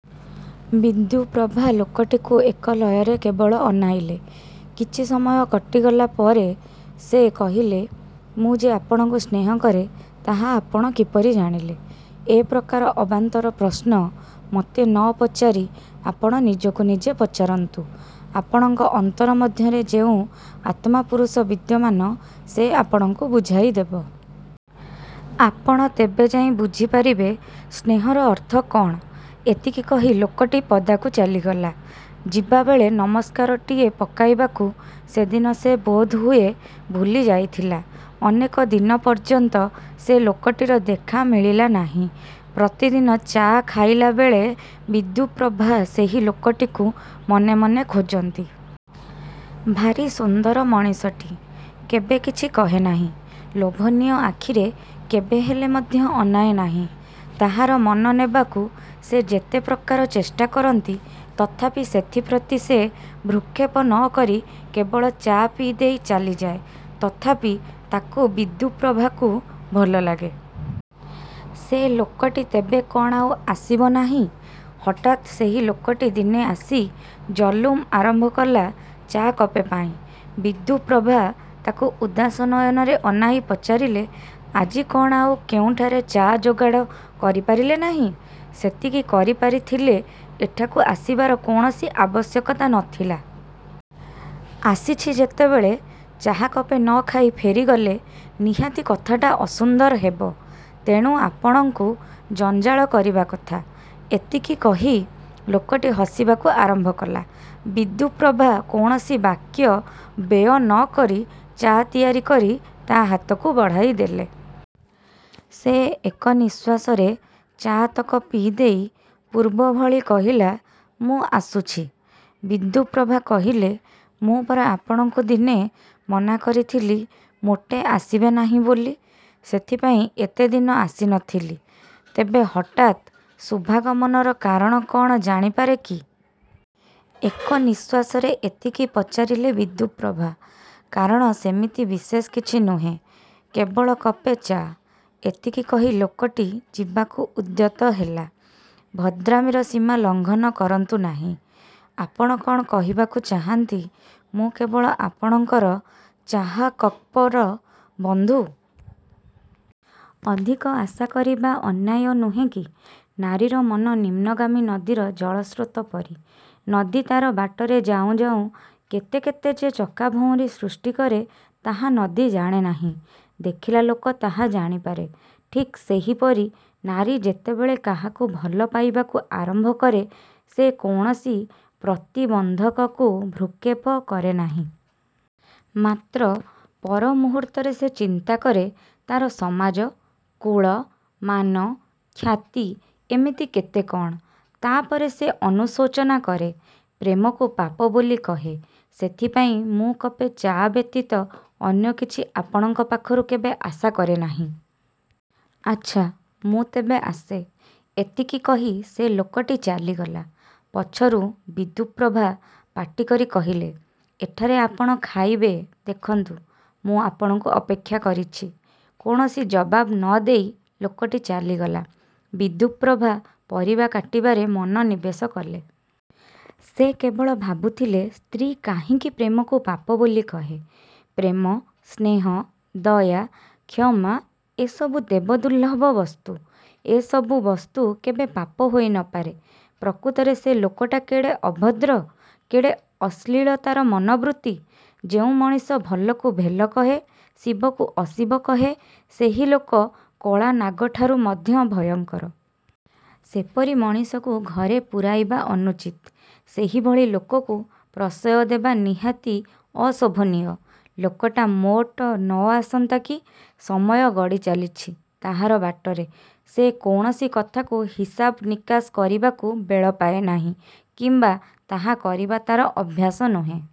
'' ବିଦ୍ୟୁପ୍ରଭା ଲୋକଟିକୁ ଏକ ଲୟରେ କେବଳ ଅନାଇଲେ। କିଛି ସମୟ କଟିଗଲା ପରେ ସେ କହିଲେ, ''ମୁଁ ଯେ ଆପଣଙ୍କୁ ସ୍ନେହକରେ ତାହା ଆପଣ କିପରି ଜାଣିଲେ? '' ''ଏପ୍ରକାର ଅବାନ୍ତର ପ୍ରଶ୍ନ ମୋତେ ନ ପଚାରି ଆପଣ ନିଜକୁ ନିଜେ ପଚାରନ୍ତୁ। ଆପଣଙ୍କ ଅନ୍ତର ମଧ୍ୟରେ ଯେଉଁ ଆତ୍ମା ପୁରୁଷ ବିଦ୍ୟମାନ ସେ ଆପଣଙ୍କୁ ବୁଝାଇ ଦେବ। ଆପଣ ତେବେ ଯାଇ ବୁଝିପାରିବେ ସ୍ନେହର ଅର୍ଥ କ'ଣ? '' ଏତିକି କହି ଲୋକଟି ପଦାକୁ ଚାଲିଗଲା। ଯିବାବେଳେ ନମସ୍କାରଟିଏ ପକାଇବାକୁ ସେଦିନ ସେ ବୋଧହୁଏ ଭୁଲି ଯାଇଥିଲା। ଅନେକ ଦିନ ପର୍ଯ୍ୟନ୍ତ ସେ ଲୋକଟିର ଦେଖା ମିଳିଲା ନାହିଁ। ପ୍ରତିଦିନ ଚା' ଖାଇଲାବେଳେ ବିଦ୍ୟୁପ୍ରଭା ସେହି ଲୋକଟିକୁ ମନେମନେ ଖୋଜନ୍ତି। ଭାରି ସୁନ୍ଦର ମଣିଷଟି। କେବେ କିଛି କହେନାହିଁ। ଲୋଭନୀୟ ଆଖିରେ କେବେହେଲେ ମଧ୍ୟ ଅନାଏ ନାହିଁ। ତାହାର ମନ ନେବାକୁ ସେ ଯେତେପ୍ରକାର ଚେଷ୍ଟା କରନ୍ତି ତଥାପି ସେଥିପ୍ରତି ସେ ଭ୍ରୂକ୍ଷେପ ନ କରି କେବଳ ଚା' ପିଇଦେଇ ଚାଲିଯାଏ। ତଥାପି ତାକୁ ବିଦ୍ୟୁପ୍ରଭାକୁ ଭଲଲାଗେ। ସେ ଲୋକଟି ତେବେ କ'ଣ ଆଉ ଆସିବ ନାହିଁ? ହଠାତ୍ ସେହି ଲୋକଟି ଦିନେ ଆସି ଜଲୁମ ଆରମ୍ଭ କଲା ଚା' କପେ ପାଇଁ। ବିଦ୍ୟୁପ୍ରଭା ତାକୁ ଉଦାସ ନୟନରେ ଅନାଇ ପଚାରିଲେ, ''ଆଜି କ'ଣ ଆଉ କେଉଁଠାରେ ଚା' ଯୋଗାଡ଼ କରିପାରିଲେ ନାହିଁ? '' ''ସେତିକି କରିପାରିଥିଲେ ଏଠାକୁ ଆସିବାର କୌଣସି ଆବଶ୍ୟକତା ନ ଥିଲା। ଆସିଛି ଯେତେବେଳେ ଚା' କପେ ନ ଖାଇ ଫେରିଗଲେ ନିହାତି କଥାଟା ଅସୁନ୍ଦର ହେବ। ତେଣୁ ଆପଣଙ୍କୁ ଜଞ୍ଜାଳ କରିବା କଥା। '' ଏତିକି କହି ଲୋକଟି ହସିବାକୁ ଆରମ୍ଭ କଲା। ବିଦ୍ୟୁପ୍ରଭା କୌଣସି ବାକ୍ୟ ବ୍ୟୟ ନ କରି ଚା' ତିଆରି କରି ତା' ହାତକୁ ବଢ଼ାଇ ଦେଲେ। ସେ ଏକ ନିଶ୍ୱାସରେ ଚା' ତକ ପିଇଦେଇ ପୂର୍ବ ଭଳି କହିଲା, ''ମୁଁ ଆସୁଛି। '' ବିଦ୍ୟୁପ୍ରଭା କହିଲେ, ''ମୁଁ ପରା ଆପଣଙ୍କୁ ଦିନେ ମନାକରିଥିଲି ମୋଟେ ଆସିବେ ନାହିଁ ବୋଲି। '' ''ସେଥିପାଇଁ ଏତେଦିନ ଆସିନଥିଲି। '' ''ତେବେ ହଠାତ୍ ଶୁଭାଗମନର କାରଣ କ'ଣ ଜାଣିପାରେକି? '' ଏକ ନିଶ୍ୱାସରେ ଏତିକି ପଚାରିଲେ ବିଦ୍ୟୁପ୍ରଭା। ''କାରଣ ସେମିତି ବିଶେଷ କିଛି ନୁହେଁ। କେବଳ କପେ ଚା'। '' ଏତିକି କହି ଲୋକଟି ଯିବାକୁ ଉଦ୍ୟତ ହେଲା। ''ଭଦ୍ରାମିର ସୀମା ଲଙ୍ଘନ କରନ୍ତୁ ନାହିଁ। ଆପଣ କ'ଣ କହିବାକୁ ଚାହାଁନ୍ତି ମୁଁ କେବଳ ଆପଣଙ୍କର ଚା' କପ୍କର ବନ୍ଧୁ? '' ''ଅଧିକ ଆଶା କରିବା ଅନ୍ୟାୟ ନୁହେଁ କି? ନାରୀର ମନ ନିମ୍ନଗାମୀ ନଦୀର ଜଳସ୍ରୋତ ପରି। ନଦୀ ତା'ର ବାଟରେ ଯାଉଁ ଯାଉଁ କେତେ କେତେ ଯେ ଚକାଭଉଁରୀ ସୃଷ୍ଟିକରେ ତାହା ନଦୀ ଜାଣେନାହିଁ। ଦେଖିଲା ଲୋକ ତାହା ଜାଣିପାରେ। ଠିକ୍ ସେହିପରି ନାରୀ ଯେତେବେଳେ କାହାକୁ ଭଲ ପାଇବାକୁ ଆରମ୍ଭ କରେ ସେ କୌଣସି ପ୍ରତିବନ୍ଧକକୁ ଭ୍ରୂକ୍ଷେପ କରେନାହିଁ। ମାତ୍ର ପରମୁହୂର୍ତ୍ତରେ ସେ ଚିନ୍ତା କରେ ତା'ର ସମାଜ, କୁଳ, ମାନ, ଖ୍ୟାତି, ଏମିତି କେତେ କ'ଣ। ତା'ପରେ ସେ ଅନୁଶୋଚନା କରେ। ପ୍ରେମକୁ ପାପ ବୋଲି କହେ। ସେଥିପାଇଁ ମୁଁ କପେ ଚା' ବ୍ୟତୀତ ଅନ୍ୟ କିଛି ଆପଣଙ୍କ ପାଖରୁ କେବେ ଆଶା କରେନାହିଁ। ଆଚ୍ଛା ମୁଁ ତେବେ ଆସେ। '' ଏତିକି କହି ସେ ଲୋକଟି ଚାଲିଗଲା। ପଛରୁ ବିଦ୍ୟୁପ୍ରଭା ପାଟିକରି କହିଲେ, ''ଏଠାରେ ଆପଣ ଖାଇବେ ଦେଖନ୍ତୁ ମୁଁ ଆପଣଙ୍କୁ ଅପେକ୍ଷା କରିଛି। '' କୌଣସି ଜବାବ୍ ନ ଦେଇ ଲୋକଟି ଚାଲିଗଲା। ବିଦ୍ୟୁପ୍ରଭା ପରିବା କାଟିବାରେ ମନ ନିବେଶ କଲେ। ସେ କେବଳ ଭାବୁଥିଲେ ସ୍ତ୍ରୀ କାହିଁକି ପ୍ରେମକୁ ପାପ ବୋଲି କହେ? ପ୍ରେମ, ସ୍ନେହ, ଦୟା, କ୍ଷମା ଏସବୁ ଦେବଦୁର୍ଲ୍ଲଭ ବସ୍ତୁ। ଏ ସବୁ ବସ୍ତୁ କେବେ ପାପ ହୋଇନପାରେ। ପ୍ରକୃତରେ ସେ ଲୋକଟା କେଡ଼େ ଅଭଦ୍ର। କେଡ଼େ ଅଶ୍ଳୀଳ ତା'ର ମନବୃତ୍ତି। ଯେଉଁ ମଣିଷ ଭଲକୁ ଭେଲ କହେ, ଶିବକୁ ଅଶିବ କହେ ସେହି ଲୋକ କଳାନାଗଠାରୁ ମଧ୍ୟ ଭୟଙ୍କର। ସେପରି ମଣିଷକୁ ଘରେ ପୂରାଇବା ଅନୁଚିତ୍। ସେହିଭଳି ଲୋକକୁ ପ୍ରଶ୍ରୟ ଦେବା ନିହାତି ଅଶୋଭନୀୟ। ଲୋକଟା ମୋଟ ନ ଆସନ୍ତା କି। ସମୟ ଗଡ଼ିଚାଲିଛି। ତାହାର ବାଟରେ। ସେ କୌଣସି କଥାକୁ ହିସାବ ନିକାଶ କରିବାକୁ ବେଳ ପାଏ ନାହିଁ କିମ୍ବା ତାହା କରିବା ତା'ର ଅଭ୍ୟାସ ନୁହେଁ।